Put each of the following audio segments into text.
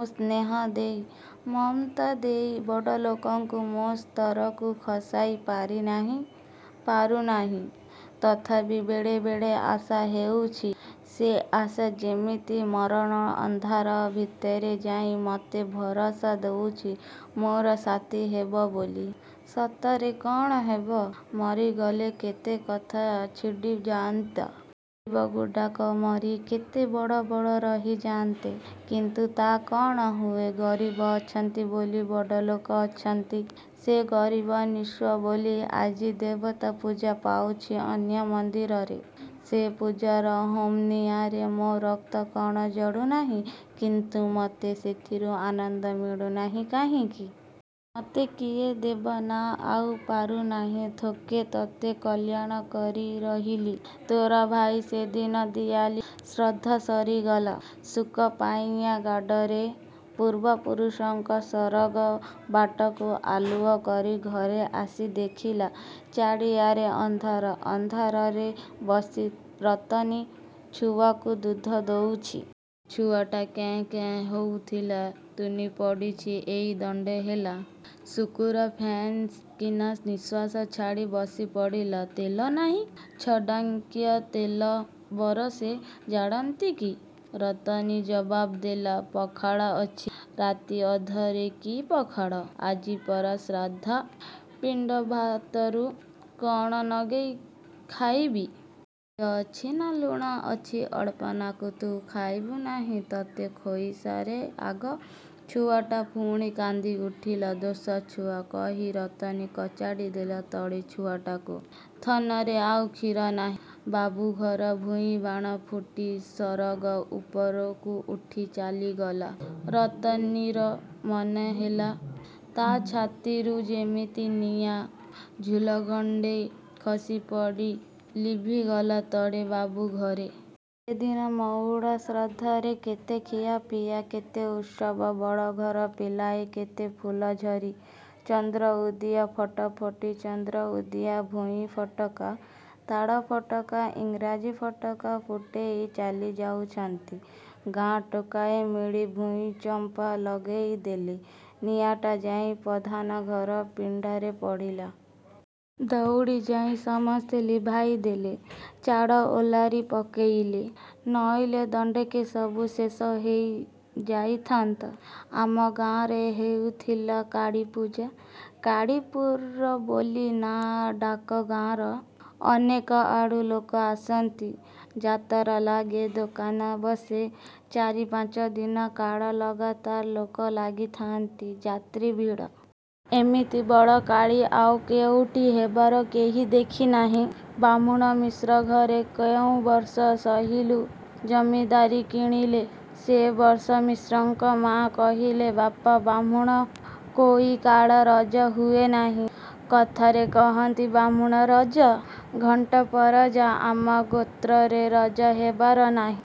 ମୁଁ ସ୍ନେହ ଦେଇ, ମମତା ଦେଇ ବଡ଼ଲୋକଙ୍କୁ ମୋ ସ୍ତରକୁ ଖସାଇ ପାରିନାହିଁ। ପାରୁନାହିଁ। ତଥାପି ବେଳେବେଳେ ଆଶା ହେଉଛି। ସେ ଆଶା ଯେମିତି ମରଣର ଅନ୍ଧାର ଭିତରେ ଯାଇ ମୋତେ ଭରସା ଦେଉଛି ମୋର ସାଥୀ ହେବ ବୋଲି। ସତରେ କ'ଣ ହେବ? ମରିଗଲେ କେତେ କଥା ଛିଡ଼ି ଯାଆନ୍ତା। ଗରିବଗୁଡ଼ାକ ମରି, କେତେ ବଡ଼ବଡ଼ ରହିଯାଆନ୍ତେ। କିନ୍ତୁ ତା' କ'ଣ ହୁଏ? ଗରିବ ଅଛନ୍ତି ବୋଲି ବଡ଼ଲୋକ ଅଛନ୍ତି। ସେ ଗରିବ, ନିଃସ୍ୱ ବୋଲି ଆଜି ଦେବତା ପୂଜା ପାଉଛି ଅନ୍ୟ ମନ୍ଦିରରେ। ସେ ପୂଜାର ହୋମନିଆଁରେ ମୋ ରକ୍ତ କ'ଣ ଜଳୁ ନାହିଁ? କିନ୍ତୁ ମୋତେ ସେଥିରୁ ଆନନ୍ଦ ମିଳୁ ନାହିଁ କାହିଁକି? ମୋତେ କିଏ ଦେବ? ନା, ଆଉ ପାରୁନାହିଁ। ଥୋକେ ତୋତେ କଲ୍ୟାଣ କରି ରହିଲି। ତୋର ଭାଇ ସେଦିନ ଦିଆଲି। ଶ୍ରାଦ୍ଧ ସରିଗଲା। ଶୁକ ପଇଁଆ ଖାଡ଼ରେ ପୂର୍ବପୁରୁଷଙ୍କ ସରଗ ବାଟକୁ ଆଲୁଅ କରି ଘରେ ଆସି ଦେଖିଲା, ଚାରିଆଡ଼େ ଅନ୍ଧାର। ଅନ୍ଧାରରେ ବସି ରତନୀ ଛୁଆକୁ ଦୁଧ ଦଉଚି। ଛୁଆଟା କେଁ କେଁ ହଉଥିଲା, ତୁନି ପଡ଼ିଚି ଏଇ ଦଣ୍ଡେ ହେଲା। ଶୁକୁରା ଫଁ କିନା ନିଃଶ୍ୱାସ ଛାଡ଼ି ବସି ପଡ଼ିଲା।“ତେଲ ନାହିଁ?”“ଛଟାଙ୍କିଏ ତେଲ ବରଷେ ଜାଳନ୍ତି କି?” ରତନୀ ଜବାବ ଦେଲା।“ପଖାଳ ଅଛି?”“ରାତିଅଧରେ କି ପଖାଳ? ଆଜି ପରା ଶ୍ରାଦ୍ଧ! ପିଣ୍ଡ ଭାତରୁ”“କ'ଣ ନଗେଇ ଖାଇବି? ପିଆଜ ଅଛି?”ନା।“ଲୁଣ?”“ଅଛି, ଅଳ୍ପନାକୁ।”“ତୁ ଖାଇବୁ ନାହିଁ?”“ତମେ ଖଇସାର, ଆଗ।”ଛୁଆଟା ପୁଣି କାନ୍ଦି ଉଠିଲା।“ଦଶା ଛୁଆ!” କହି ରତନୀ କଚାଡ଼ି ଦେଲା ତଳେ ଛୁଆଟାକୁ। ଥନରେ ଆଉ କ୍ଷୀର ନାହିଁ। ବାବୁଘର ଭୂଇଁବାଣ ଫୁଟି ସରଗ ଉପରକୁ ଉଠି ଚାଲିଗଲା। ରତନୀର ମନେ ହେଲା, ତା' ଛାତିରୁ ଯେମିତି ନିଆଁ ଝୁଲଖଣ୍ଡେ ଖସିପଡ଼ି ଲିଭିଗଲା ତଳେ! ବାବୁଘରେ ସେଦିନ ମଉଳା ଶ୍ରାଦ୍ଧରେ କେତେ ଖିଆପିଆ, କେତେ ଉତ୍ସବ! ବଡ଼ଘର ପିଲାଏ କେତେ ଫୁଲଝରି, ଚନ୍ଦ୍ରଉଦିଆ, ଫଟଫଟି, ଚନ୍ଦ୍ରଉଦିଆ ଭୂଇଁ ଫଟକା, ତାଳ ଫଟକା, ଇଂରିଜୀ ଫଟକା ଫୁଟେଇ ଚାଲିଯାଉଛନ୍ତି। ଗାଁ ଟୋକାଏ ମିଳି ଭୂଇଁଚମ୍ପା ଲଗେଇ ଦେଲେ। ନିଆଁଟା ଯାଇ ପଧାନ ଘର ପିଢ଼ାରେ ପଡ଼ିଲା। ଦଉଡ଼ି ଯାଇ ସମସ୍ତେ ଲିଭାଇ ଦେଲେ, ଚାଳ ଓଲାରି ପକେଇଲେ। ନଇଲେ ଦଣ୍ଡକେ ସବୁ ଶେଷ ହେଇ ଯାଇଥାନ୍ତା। ଆର ଗାଁରେ ହେଉଥିଲା କାଳୀପୂଜା। ‘କାଳୀପୁର’ ବୋଲି ନାଆଁ ଡାକ ଗାଁର। ଅନେକ ଆଡ଼ୁ ଲୋକ ଆସନ୍ତି। ଯାତରା ଲାଗେ, ଦୋକାନ ବସେ। ଚାରିପାଞ୍ଚ ଦିନ କାଳ ଲଗାତାର ଲୋକ ଲାଗିଥାନ୍ତି, ଯାତ୍ରୀ ଭିଡ଼। ଏମିତି ବଡ଼ କାଳୀ ଆଉ କେଉଁଠି ହେବାର କେହି ଦେଖି ନାହିଁ। ବାହ୍ମୁଣ ମିଶ୍ରଘରେ କେଉଁ ବର୍ଷ ସହିଲୁ ଜମିଦାରୀ କିଣିଲେ, ସେ ବର୍ଷ ମିଶ୍ରଙ୍କ ମା' କହିଲେ ବାପା, ବାହ୍ମୁଣ କୋଇ କାଳେ ରଜା ହୁଏ ନାହିଁ। କଥାରେ କହନ୍ତି ବାହ୍ମୁଣ ରଜା, ଖଣ୍ଟ ପରଜା। ଆମ ଗୋତ୍ରରେ ରଜା ହେବାର ନାହିଁ।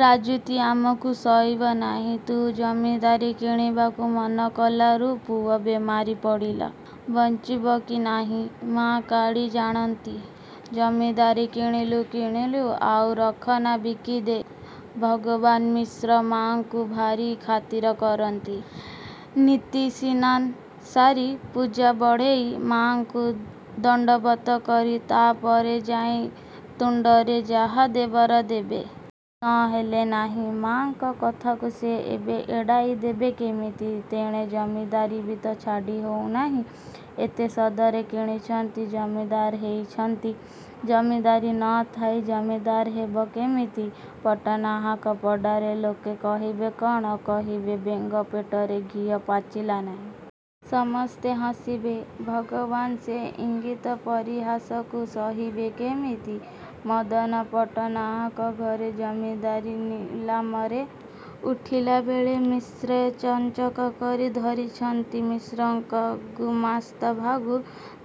ରାଜୁତି ଆମକୁ ସଇବ ନାହିଁ। ତୁ ଜମିଦାରୀ କିଣିବାକୁ ମନ କଲାରୁ ପୁଅ ବେମାରି ପଡ଼ିଲା। ବଞ୍ଚିବ କି ନାହିଁ ମା' କାଳୀ ଜାଣନ୍ତି। ଜମିଦାରୀ କିଣିଲୁ କିଣିଲୁ, ଆଉ ରଖନା ବିକି ଦେ।”ଭଗବାନ ମିଶ୍ରେ ମା'ଙ୍କୁ ଭାରି ଖାତିର କରନ୍ତି। ନିତି ସିନାନ ସାରି, ପୂଜା ବଢ଼େଇ, ମା'ଙ୍କୁ ଦଣ୍ଡବତ କରି, ତା'ପରେ ଯାଇ ତୁଣ୍ଡରେ ଯାହା ଦେବାର ଦେବେ। ନ ହେଲେ ନାହିଁ। ମା'ଙ୍କ କଥାକୁ ସେ ଏବେ ଏଡ଼ାଇ ଦେବେ କେମିତି? ତେଣେ ଜମିଦାରୀ ବି ତ ଛାଡ଼ି ହେଉ ନାହିଁ। ଏତେ ସଦରେ କିଣିଛନ୍ତି। ଜମିଦାର ହେଇଛନ୍ତି। ଜମିଦାରୀ ନ ଥାଇ ଜମିଦାର ହେବେ କେମିତି? ପଟ୍ଟନାହାକ ପଡ଼ାର ଲୋକେ କହିବେ କ'ଣ? କହିବେ ବେଙ୍ଗ ପେଟରେ ଘିଅ ପଚିଲା ନାହିଁ। ସମସ୍ତେ ହସିବେ। ଭଗବାନ ସେ ଇଙ୍ଗିତ ପରିହାସକୁ ସହିବେ କେମିତି? ମଦନ ପଟ୍ଟନାହାକ ଘର ଜମିଦାରୀ ନିଲାମରେ ଉଠିଲାବେଳେ ମିଶ୍ରେ ଚଞ୍ଚକ କରି ଧରିଛନ୍ତି। ମିଶ୍ରଙ୍କ ଗୁମାସ୍ତା ଭାଗୁ।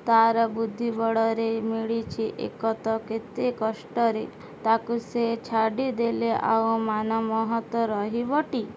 ତା'ର ବୁଦ୍ଧିବଳରେ ମିଳିଛି ଏତକ କେତେ କଷ୍ଟରେ। ତାକୁ ସେ ଛାଡ଼ି ଦେଲେ ଆଉ ମାନମହତ ରହିବଟି!